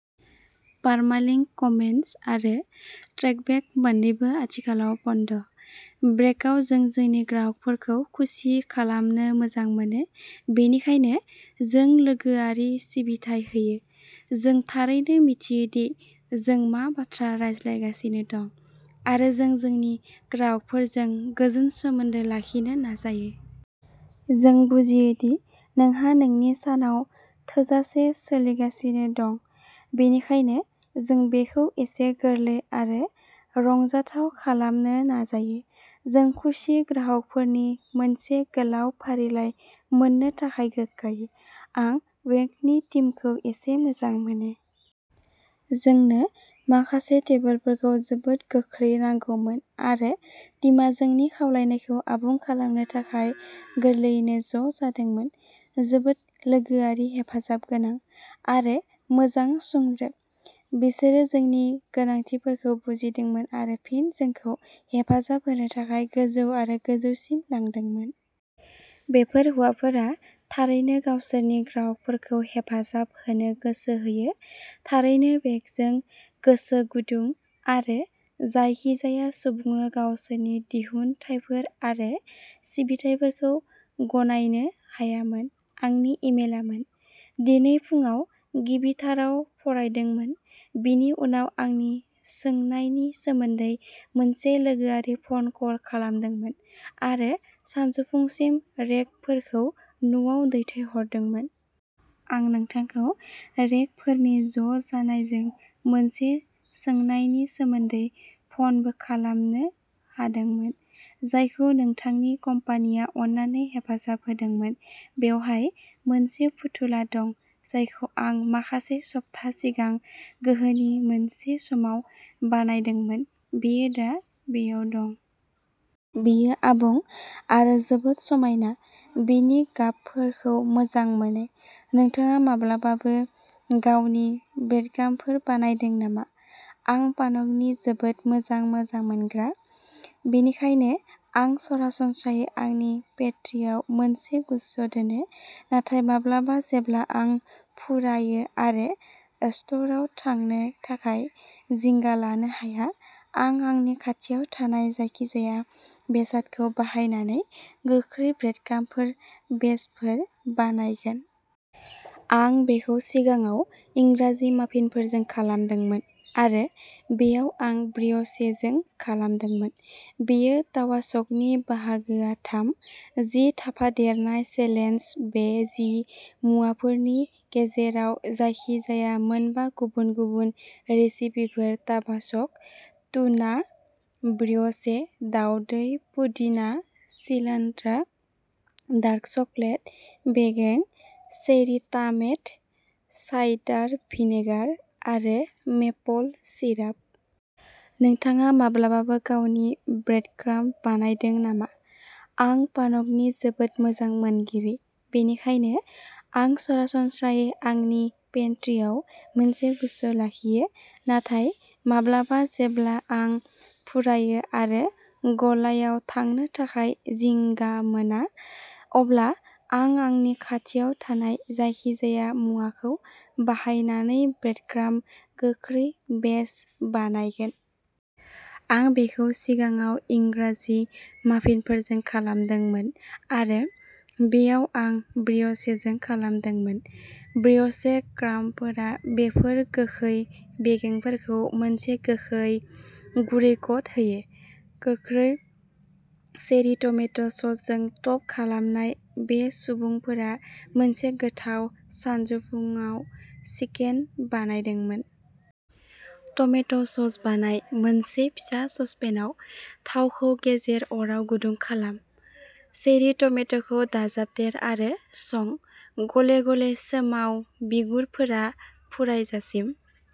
Permalink comments आरो trackback मोननैबो आथिखालाव बन्द’। ब्रेक'आव जों जोंनि ग्राहकफोरखौ खुसि खालामनो मोजां मोनो। बेनिखायनो, जों लोगोआरि सिबिथाइ होयो। जों थारैनो मिथियो दि जों मा बाथ्रा रायज्लायगासिनो दं, आरो जों जोंनि ग्राहकफोरजों गोजोन सोमोन्दो लाखिनो नाजायो। जों बुजियो दि नोंहा नोंनि सानाव थोजासे सोलिगासिनो दं, बेनिखायनो जों बेखौ एसे गोरलै आरो रंजाथाव खालामनो नाजायो। जों खुसि ग्राहकफोरनि मोनसे गोलाव फारिलाइ मोननो थाखाय गोग्गायो। "आं बेंकनि टिमखौ एसे मोजां मोनो। जोंनो माखासे टेबोलफोरखौ जोबोद गोख्रै नांगौमोन आरो टिमआ जोंनि खावलायनायखौ आबुं खालामनो थाखाय गोरलैयैनो ज' जादोंमोन। जोबोद लोगोआरि हेफाजाबगोनां, आरो मोजां सुंज्रोब, बिसोरो जोंनि गोनांथिफोरखौ बुजिदोंमोन आरो फिन जोंखौ हेफाजाब होनो थाखाय गोजौ आरो गोजौसिम लांदोंमोन। बेफोर हौवाफोरा थारैनो गावसोरनि ग्राहकफोरखौ हेफाजाब होनो गोसो होयो। थारैनो बेकजों गोसो गुदुं, आरो जायखिजाया सुबुंनो गावसोरनि दिहुनथायफोर आरो सिबिथाइफोरखौ गनायनो हायामोन।" आंनि इमेलामोन। दिनै फुंआव गिबिथाराव फरायदोंमोन, बिनि उनाव आंनि सोंनायनि सोमोन्दै मोनसे लोगोआरि फन कल खालामदोंमोन, आरो सानजौफुसिमाव रेक फोरखौ न'आव दैथायहरदोंमोन। आं नोंथांखौ रेक फोरनि ज' जानायजों मोनसे सोंनायनि सोमोन्दै फनबो खालामनो हादोंमोन, जायखौ नोंथांनि कम्पानिया अननानै हेफाजाब होदोंमोन। "बेवहाय मोनसे फुथुला दं जायखौ आं माखासे सप्ता सिगां गोहोनि मोनसे समाव बानायदोंमोन। बियो दा बे आव दं। बियो आबुं, आरो जोबोद समायना, बिनि गाबफोरखौ मोजां मोनो। नोंथाङा माब्लाबाबो गावनि बेडकामफोर बानायदों नामा? आं पानकनि जोबोद मोजां मोजां मोनग्रा, बेनिखायनो आं सरासनस्रायै आंनि पेट्रिआव मोनसे गुस्स’ दोनो, नाथाय माब्लाबा जेब्ला आं फुरायो आरो स्ट'रआव थांनो थाखाय जिंगा लानो हाया, आं आंनि खाथियाव थानाय जायखिजाया बेसादखौ बाहायनानै गोख्रै ब्रेडक्राम्बफोरनि बेचफोर बानायगोन। आं बेखौ सिगाङाव इंराजि माफिनफोरजों खालामदोंमोन आरो बेयाव आं ब्रिय'चेजों खालामदोंमोन। बेयो ताबासकनि बाहागोआ थाम। जि थाफादेरनाय चेलेन्ज-बे जि मुवाफोरनि गेजेराव जायखि-जाया मोन बा गुबुन-गुबुन रेसिपिफोर टाबासक, टुना, ब्रिय'चे, दाउदै, पुदिना सिलान्ट्रा, डार्क चकलेट, बेगें, चेरि टामेट, साइडार भिनेगार आरो मेपल सिराप। नोंथाङा माब्लाबाबो गावनि ब्रेडक्राम्ब बानायदों नामा? आं पानकनि जोबोद मोजां मोनगिरि, बेनिखायनो आं सरासनस्रायै आंनि पेन्ट्रिआव मोनसे गुस्स’ लाखियो, नाथाय माब्लाबा जेब्ला आं फुरायो आरो गलायाव थांनो थाखाय जिंगा मोना, अब्ला आं आंनि खाथियाव थानाय जायखिजाया मुवाखौ बाहायनानै ब्रेडक्राम्ब गोख्रै बेच बानायगोन। आं बेखौ सिगाङाव इंराजि माफिनफोरजों खालामदोंमोन आरो बेयाव आं ब्रिय'चेजों खालामदोंमोन। ब्रिय'चे क्राम्बफोरा बेफोर गोखै बेगेंफोरखौ मोनसे गोखै, गुरै कट होयो। गोख्रै चेरि टमेट' ससजों टप खालामनाय, बे सुबुंफोरा मोनसे गोथाव सानजौफुआव सिनेक बानायदोंमोन। टमेट' सस बानाय मोनसे फिसा ससपेनाव, थावखौ गेजेर अराव गुदुं खालाम। चेरि टमेट'खौ दाजाबदेर आरो सं, गले गले सोमाव बिगुरफोरा फुरायजासिम।